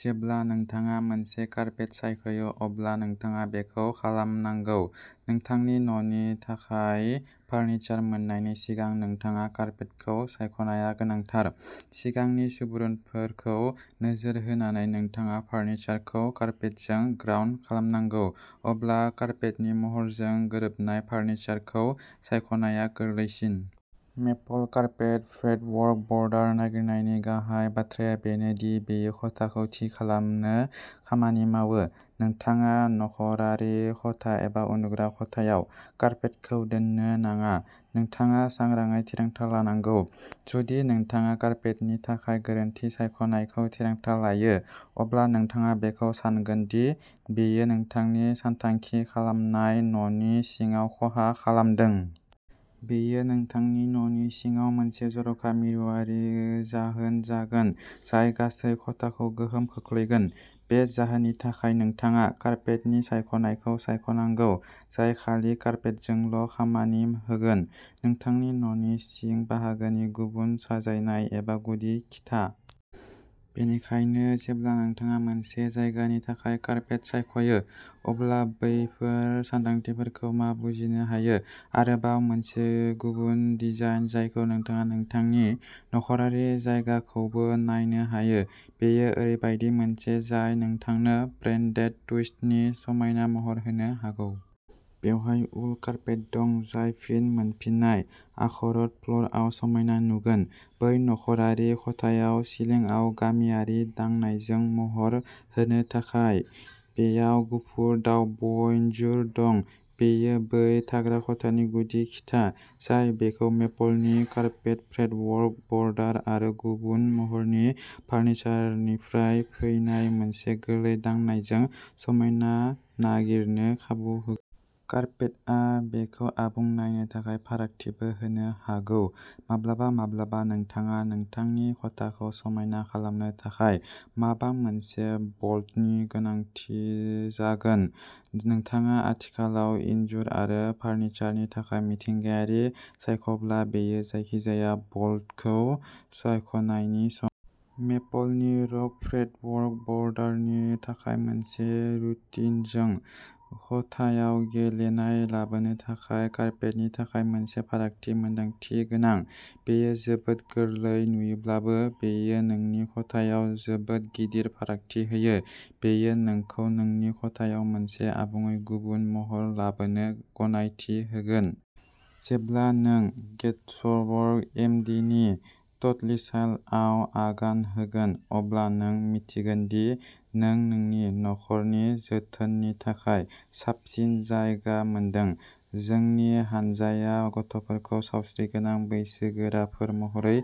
जेब्ला नोंथाङा मोनसे कारपेट सायख'यो अब्ला नोंथाङा बेखौ खालामनांगौ। नोंथांनि न'नि थाखाय फार्निचार मोननायनि सिगां नोंथाङा कारपेटखौ सायख'नाया गोनांथार। सिगांनि सुबुरुनफोरखौ नोजोर होनानै नोंथाङा फार्निचारखौ कारपेटजों ग्राउन्ड खालामनांगौ, अब्ला कारपेटनि महरजों गोरोबनाय फार्निचारखौ सायख'नाया गोरलैसिन। मेपल कारपेट फ्रेटवर्क बर्डार नागिरनायनि गाहाय बाथ्राया बेनो दि बेयो खथाखौ थि खालामनो खामानि मावो। नोंथाङा नखरारि खथा एबा उन्दुग्रा खथायाव कारपेटखौ दोननो नाङा, नोंथाङा सांग्राङै थिरांथा लानांगौ। जुदि नोंथाङा कारपेटनि थाखाय गोरोन्थि सायख'नायखौ थिरांथा लायो, अब्ला नोंथाङा बेखौ सानगोन दि बेयो नोंथांनि सानथांखि खालामनाय न'नि सिङाव खहा खालामदों। बेयो नोंथांनि न'नि सिङाव मोनसे जर'खा मिरुवारि जाहोन जागोन जाय गासै खथाखौ गोहोम खोख्लैगोन। बे जाहोननि थाखाय नोंथाङा कारपेटनि सायख'नायखौ सायख'नांगौ जाय खालि कारपेटजोंल'खामानि होगोन। नोंथांनि न'नि सिं बाहागोनि गुबुन साजायनाय एबा गुदि खिथा। बेनिखायनो, जेब्ला नोंथाङा मोनसे जायगानि थाखाय कारपेट सायख'यो, अब्ला बैफोर सानदांथिफोरखौ मा बुजिनो हायो? आरोबाव मोनसे गुबुन डिजाइन जायखौ नोंथाङा नोंथांनि नख'रारि जायगाखौबो नायनो हायो, बेयो ओरैबायदि मोनसे जाय नोंथांनो ब्रेडेड टुइस्टनि समायना महर होनो हागौ। बेवहाय उल कारपेट दं, जाय फिन मोनफिननाय आखरट फ्ल'रआव समायना नुगोन। बै नख'रारि खथायाव सिलिंआव गामियारि दांनायजों महर होनो थाखाय, बेयाव गुफुर दावब'इनजुर दं। बेयो बै थाग्रा खथानि गुदि खिथा, जाय बेखौ मेपलनि कारपेट फ्रेटवर्क बर्डार आरो गुबुन महरनि फार्निचारनिफ्राय फैनाय मोनसे गोरलै दांनायजों समायना नागिरनो खाबु होगोन। कारपेटआ बेखौ आबुं नायनो थाखाय फारागथिबो होनो हागौ। माब्लाबा-माब्लाबा, नोंथाङा नोंथांनि खथाखौ समायना खालामनो थाखाय माबा मोनसे बल्डनि गोनांथि जागोन। नोंथाङा आथिखालाव इनजुर आरो फार्निचारनि थाखाय मिथिंगायारि सायख'ब्ला, बेयो जायखिजाया बल्डखौ सायख'नायनि सम। मेपलनि रग फ्रेटवर्क बर्डारनि थाखाय मोनसे रुटिनजों। खथायाव गेलेनाय लाबोनो थाखाय कारपेटनि थाखाय मोनसे फारागथि मोनदांथि गोनां। बेयो जोबोद गोरलै नुयोब्लाबो, बेयो नोंनि खथायाव जोबोद गिदिर फारागथि होयो। बेयो नोंखौ नोंनि खथायाव मोनसे आबुङै गुबुन महर लाबोनो गनायथि होगोन। जेब्ला नों गेथर्सबर्ग, एम. डि. नि टटलिसाल्सआव आगान होगोन, अब्ला नों मिन्थिगोन दि नों नोंनि नखरनि जोथोननि थाखाय साबसिन जायगा मोनदों। जोंनि हानजाया गथ'फोरखौ सावस्रिगोनां बैसोगोराफोर महरै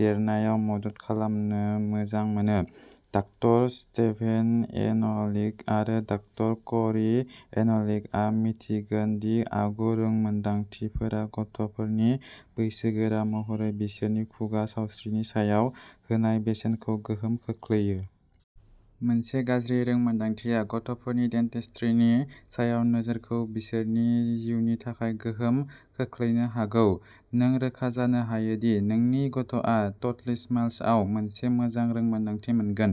देरनायाव मदद खालामनो मोजां मोनो। डाक्टार स्टेभेन एनलिक आरो डाक्टार क'री एनलिकआ मिन्थिगोन दि आगु रोंमोनदांथिफोरा गथ'फोरनि बैसोगोरा महरै बिसोरनि खुगा सावस्रिनि सायाव होनाय बेसेनखौ गोहोम खोख्लैयो। मोनसे गाज्रि रोंमोनदांथिया गथ'फोरनि डेन्टिस्ट्रीनि सायाव नोजोरखौ बिसोरनि जिउनि थाखाय गोहोम खोख्लैनो हागौ। नों रोखा जानो हायो दि नोंनि गथ'आ टटलीस्माइल्सआव मोनसे मोजां रोंमोनदांथि मोनगोन।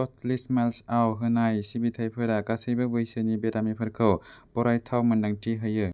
टटलीस्माइल्सआव होनाय सिबिथाइफोरा गासैबो बैसोनि बेरामिफोरखौ बरायथाव मोनदांथि होयो।